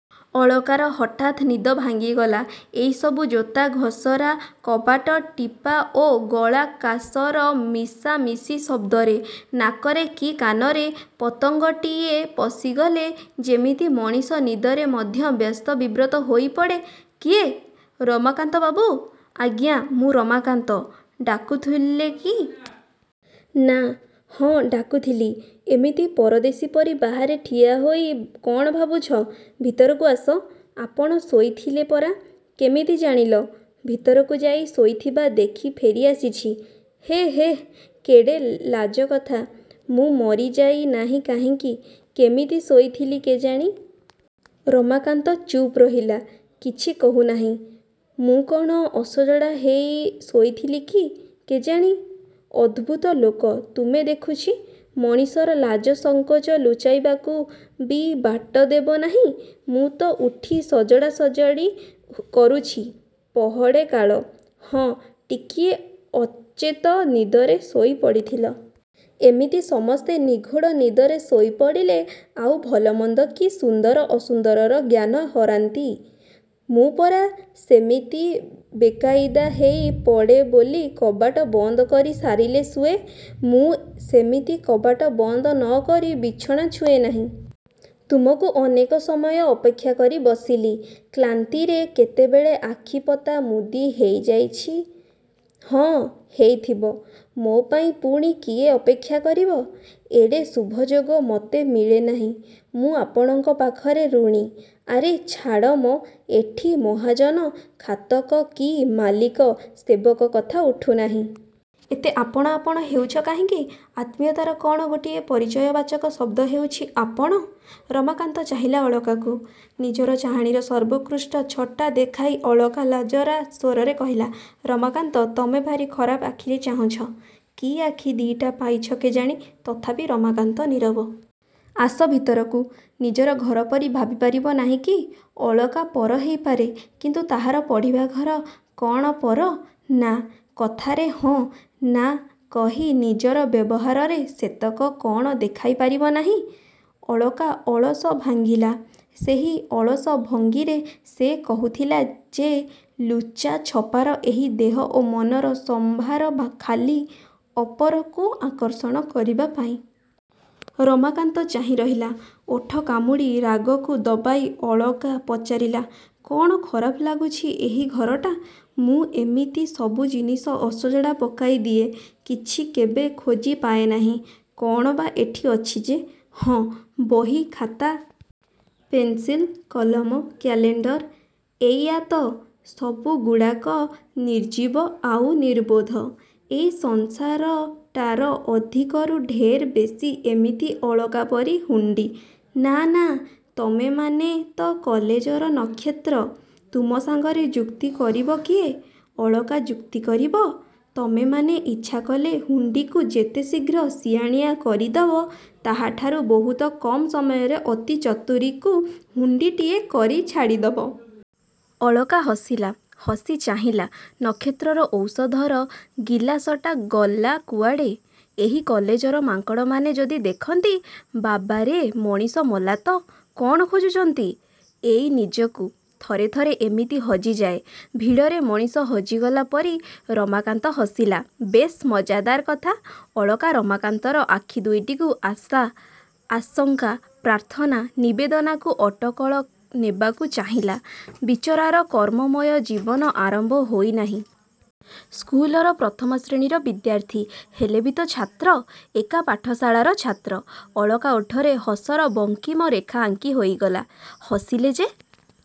ଅଳକାର ହଠାତ୍ ନିଦ ଭାଙ୍ଗିଗଲା ଏଇସବୁ ଜୋତା ଘୋଷରା, କବାଟ ଟିପା ଓ ଗଳା କାଶର ମିଶାମିଶି ଶବ୍ଦରେ। ନାକରେ କି କାନରେ ପତଙ୍ଗଟିଏ ପଶିଗଲେ ଯେମିତି ମଣିଷ ନିଦରେ ମଧ୍ୟ ବ୍ୟସ୍ତ ବିବ୍ରତ ହୋଇପଡ଼େ। -କିଏ? ରମାକାନ୍ତବାବୁ? -ଆଜ୍ଞା। ମୁଁ ରମାକାନ୍ତ। -ଡାକୁଥିଲ କି? -ନା ହଁ ଡାକୁଥିଲି। -ଏମିତି ପରଦେଶୀ ପରି ବାହାରେ ଠିଆ ହୋଇ କ'ଣ ଭାବୁଛ? ଭିତରକୁ ଆସ। -ଆପଣ ଶୋଇଥିଲେ ପରା। -କେମିତି ଜାଣିଲ? -ଭିତରକୁ ଯାଇ ଶୋଇଥିବା ଦେଖି ଫେରି ଆସିଛି। -ହେ, ହେ, କେଡ଼େ ଲାଜକଥା। ମୁଁ ମରିଯାଇ ନାହିଁ କାହିଁକି? କେମିତି ଶୋଇଥିଲି କେଜାଣି? ରମାକାନ୍ତ ଚୁପ୍ ରହିଲା। -କିଛି, କହୁନାହଁ? ମୁଁ କ'ଣ ଅସଜଡ଼ା ହେଇ ଶୋଇଥିଲି କି? -କେଜାଣି। -ଅଦ୍ଭୁତ ଲୋକ ତୁମେ ଦେଖୁଛି। ମଣିଷର ଲାଜ ସଙ୍କୋଚ ଲୁଚାଇବାକୁ ବି ବାଟ ଦେବ ନାହିଁ। ମୁଁ ତ ଉଠି ସଜଡ଼ା ସଜଡ଼ି କରୁଛି ପହଡ଼େ କାଳ। -ହଁ, ଟିକିଏ ଅଚେତ ନିଦରେ ଶୋଇ ପଡ଼ିଥିଲେ। ଏମିତି ସମସ୍ତେ ନିଘୋଡ଼ ନିଦରେ ଶୋଇ ପଡ଼ିଲେ ଆଉ ଭଲମନ୍ଦ କି ସୁନ୍ଦର ଅସୁନ୍ଦରର ଜ୍ଞାନ ହରାନ୍ତି। ମୁଁ ପରା ସେମିତି ବେକାଇଦା ହେଇ ପଡ଼େ ବୋଲି କବାଟ ବନ୍ଦ କରି ସାରିଲେ ଶୁଏ। -ମୁଁ ସେମିତି କବାଟ ବନ୍ଦ ନ କରି ବିଛଣା ଛୁଏଁ ନାହିଁ। ତୁମକୁ ଅନେକ ସମୟ ଅପେକ୍ଷା କରି ବସିଲି। କ୍ଳାନ୍ତିରେ କେତେବେଳେ ଆଖିପତା ମୁଦି ହେଇ ଯାଇଛି। -ହଁ, ହେଇଥିବ। ମୋ ପାଇଁ ପୁଣି କିଏ ଅପେକ୍ଷା କରିବ? ଏଡ଼େ ଶୁଭଯୋଗ ମତେ ମିଳେ ନାହିଁ। ମୁଁ ଆପଣଙ୍କ ପାଖରେ ଋଣୀ। -ଆରେ ଛାଡ଼ ମ। ଏଠି ମହାଜନ-ଖାତକ କି ମାଲିକ-ସେବକ କଥା ଉଠୁ ନାହିଁ। ଏତେ ଆପଣ-ଆପଣ ହେଉଛ କାହିଁକି? ଆତ୍ମୀୟତାର କ'ଣ ଗୋଟିଏ ପରିଚୟ-ବାଚକ ଶବ୍ଦ ହେଉଛି-ଆପଣ? ରମାକାନ୍ତ ଚାହିଁଲା ଅଳକାକୁ। ନିଜର ଚାହାଣୀର ସର୍ବୋତ୍କୃଷ୍ଟ ଚ୍ଛଟା ଦେଖାଇ ଅଳକା ଲାଜରା ସ୍ୱରରେ କହିଲା-ରମାକାନ୍ତ ତମେ ଭାରି ଖରାପ ଆଖିରେ ଚାହୁଁଛ। କି ଆଖି ଦି'ଟା ପାଇଛ କେଜାଣି? ତଥାପି ରମାକାନ୍ତ ନୀରବ। -ଆସ ଭିତରକୁ। ନିଜର ଘର ପରି ଭାବି ପାରିବ ନାହିଁ କି? ଅଳକା ପର ହେଇପାରେ; କିନ୍ତୁ ତାହାର ପଢ଼ିବା ଘର କ'ଣ ପର? -ନା। -କଥାରେ ହଁ-ନା କହି ନିଜର ବ୍ୟବହାରରେ ସେତକ କ'ଣ ଦେଖାଇ ପାରିବ ନାହିଁ-? ଅଳକା ଅଳସ ଭାଙ୍ଗିଲା। ସେହି ଅଳସ ଭଙ୍ଗୀରେ ସେ କହୁଥିଲା ଯେ ଲୁଚା-ଛପାର ଏହି ଦେହ ଓ ମନର ସମ୍ଭାର ଖାଲି ଅପରକୁ ଆକର୍ଷଣ କରିବା ପାଇଁ। ରମାକାନ୍ତ ଚାହିଁ ରହିଲା। ଓଠ କାମୁଡ଼ି ରାଗକୁ ଦବାଇ ଅଳକା ପଚାରିଲା-କ'ଣ ଖରାପ ଲାଗୁଛି ଏହି ଘରଟା? ମୁଁ ଏମିତି ସବୁ ଜିନିଷ ଅସଜଡ଼ା ପକାଇ ଦିଏ। କିଛି କେବେ ଖୋଜି ପାଏ ନାହିଁ। କ'ଣ ବା ଏଠି ଅଛି ଯେ -ହଁ, ବହି ଖାତା -ପେନ୍ସିଲ, କଲମ କାଲେଣ୍ଡର। ଏଇଆ ତ। ସବୁଗୁଡ଼ାକ ନିର୍ଜୀବ ଆଉ ନିର୍ବୋଧ-। ଏଇ ସଂସାରଟାର ଅଧିକରୁ ଢେର ବେଶି ଏମିତି ଅଳକା ପରି ହୁଣ୍ଡି। -ନା-ନା- -ତମେମାନେ ତ କଲେଜର ନକ୍ଷତ୍ର। ତୁମ ସାଙ୍ଗରେ ଯୁକ୍ତି କରିବ କିଏ? -ଅଳକା ଯୁକ୍ତି କରିବ? ତମେମାନେ ଇଚ୍ଛା କଲେ ହୁଣ୍ଡିକୁ ଯେତେ ଶୀଘ୍ର ସିଆଣିଆ କରିଦବ ତାହାଠାରୁ ବହୁତ କମ୍ ସମୟରେ ଅତି ଚତୁରୀକୁ ହୁଣ୍ଡିଟିଏ କରି ଛାଡ଼ିଦବ ଅଳକା ହସିଲା। ହସି ଚାହିଁଲା-ନକ୍ଷତ୍ରର ଔଷଧର ଗିଲାସଟା ଗଲା କୁଆଡ଼େ? ଏହି କଲେଜର ମାଙ୍କଡ଼ମାନେ ଯଦି ଦେଖନ୍ତି-ବାବାରେ, ମଣିଷ ମଲା ତ। -କ'ଣ ଖୋଜୁଛନ୍ତି? -ଏଇ ନିଜକୁ। ଥରେ ଥରେ ଏମିତି ହଜିଯାଏ-ଭିଡ଼ରେ ମଣିଷ ହଜିଗଲା ପରି। ରମାକାନ୍ତ ହସିଲା-ବେଶ୍ ମଜ୍ଜାଦାର କଥା। ଅଳକା ରମାକାନ୍ତର ଆଖି ଦୁଇଟିର ଆଶା, ଆଶଙ୍କା, ପ୍ରାର୍ଥନା, ନିବେଦନକୁ ଅଟକଳ ନେବାକୁ ଚାହିଁଲା-ବିଚରାର କର୍ମମୟ ଜୀବନ ଆରମ୍ଭ ହୋଇ ନାହିଁ। ସ୍କୁଲର ପ୍ରଥମ ଶ୍ରେଣୀର ବିଦ୍ୟାର୍ଥୀ-ହେଲେ ବି ତ ଛାତ୍ର ଏକା ପାଠଶାଳାର ଛାତ୍ର। ଅଳକା ଓଠରେ ହସର ବଙ୍କିମ ରେଖା ଆଙ୍କି ହୋଇଗଲା। -ହସିଲେ ଯେ